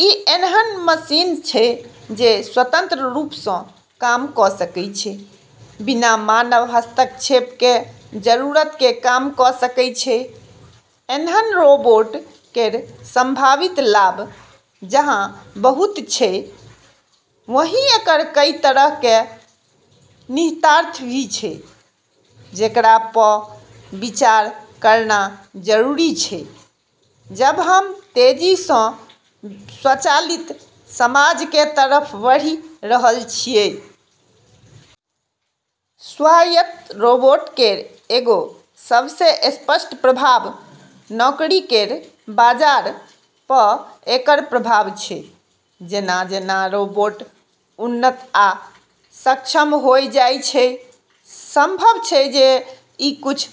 ई ऐन्हन मशीन छै जे स्वतंत्र रूप सँ काम क सकै छै, बिना मानव हस्तक्षेप के जरूरत के काम क सकै छै। ऐन्हन रोबोट केर संभावित लाभ जहाँ बहुत छै, वहीं एकर कई तरह के निहितार्थ भी छै जेकरा प विचार करना जरूरी छै जब हम तेजी सँ स्वचालित समाज के तरफ बढ़ी रहल छियै। स्वायत्त रोबोट केर एगो सबसें स्पष्ट प्रभाव नौकरी केर बाजार प एकर प्रभाव छै। जेना-जेना रोबोट उन्नत आ सक्षम होय जाय छै, संभव छै जे ई कुछ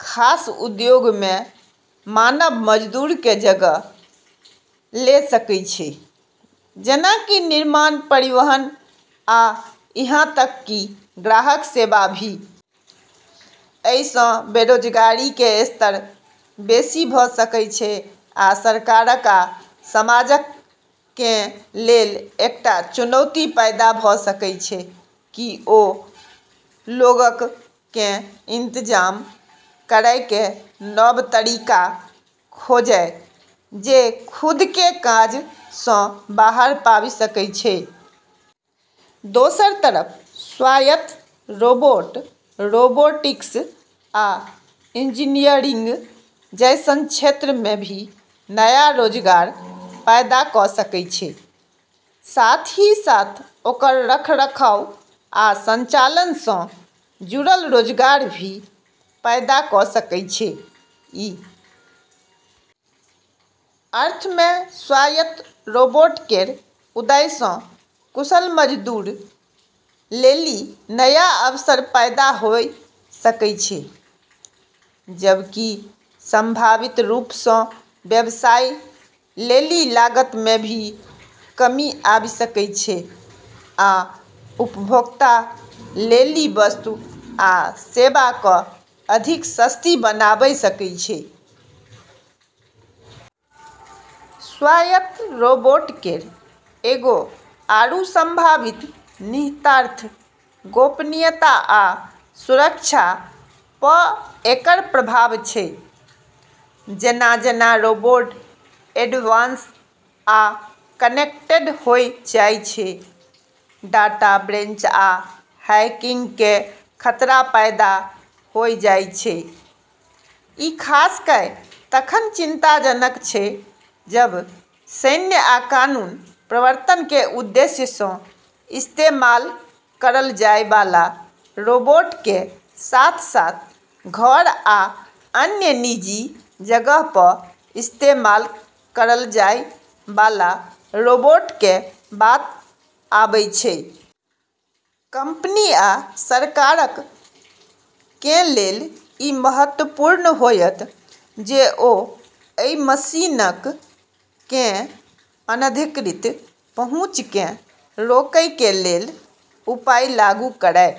खास उद्योग मे मानव मजदूर के जगह ले सकै छै, जेना कि निर्माण, परिवहन आ यहां तक कि ग्राहक सेवा भी। अइ सँ बेरोजगारी कें स्तर बेसि भ सकय छै आ सरकारक आ समाजक कें लेल एकटा चुनौती पैदा भ सकय छै कि ओ लोगक कें इंतजाम करय कें नव तरीका खोजय जे खुद कें काज सँ बाहर पाबि सकय छै। दोसर तरफ स्वायत्त रोबोट रोबोटिक्स आ इंजीनियरिंग जैसन क्षेत्र मे भी नया रोजगार पैदा क सकै छै, साथ ही साथ ओकर रखरखाव आ संचालन सँ जुड़ल रोजगार भी पैदा क सकै छै। ई अर्थ मे स्वायत्त रोबोट केर उदय सँ कुशल मजदूर लेली नया अवसर पैदा होय सकै छै, जबकि संभावित रूप सँ व्यवसाय लेली लागत मे भी कमी आबी सकै छै आ उपभोक्ता लेली वस्तु आ सेवा क अधिक सस्ती बनाबै सकै छै। स्वायत्त रोबोट केर एगो आरू संभावित निहितार्थ गोपनीयता आ सुरक्षा प एकर प्रभाव छै। जेना-जेना रोबोट एडवांस आ कनेक्टेड होय जाय छै, डाटा ब्रेच आ हैकिंग के खतरा पैदा होय जाय छै। ई खास कय तखन चिंताजनक छै जब सैन्य या कानून प्रवर्तन के उद्देश्य सँ इस्तेमाल करल जाय वाला रोबोट के साथ-साथ घर आ अन्य निजी जगह प इस्तेमाल करल जाय वाला रोबोट के बात आबै छै। कंपनी आ सरकारक कें लेल इ महत्वपूर्ण होयत जे ओ अइ मशीनक कें अनधिकृत पहुंच कें रोकय कें लेल उपाय लागू करय।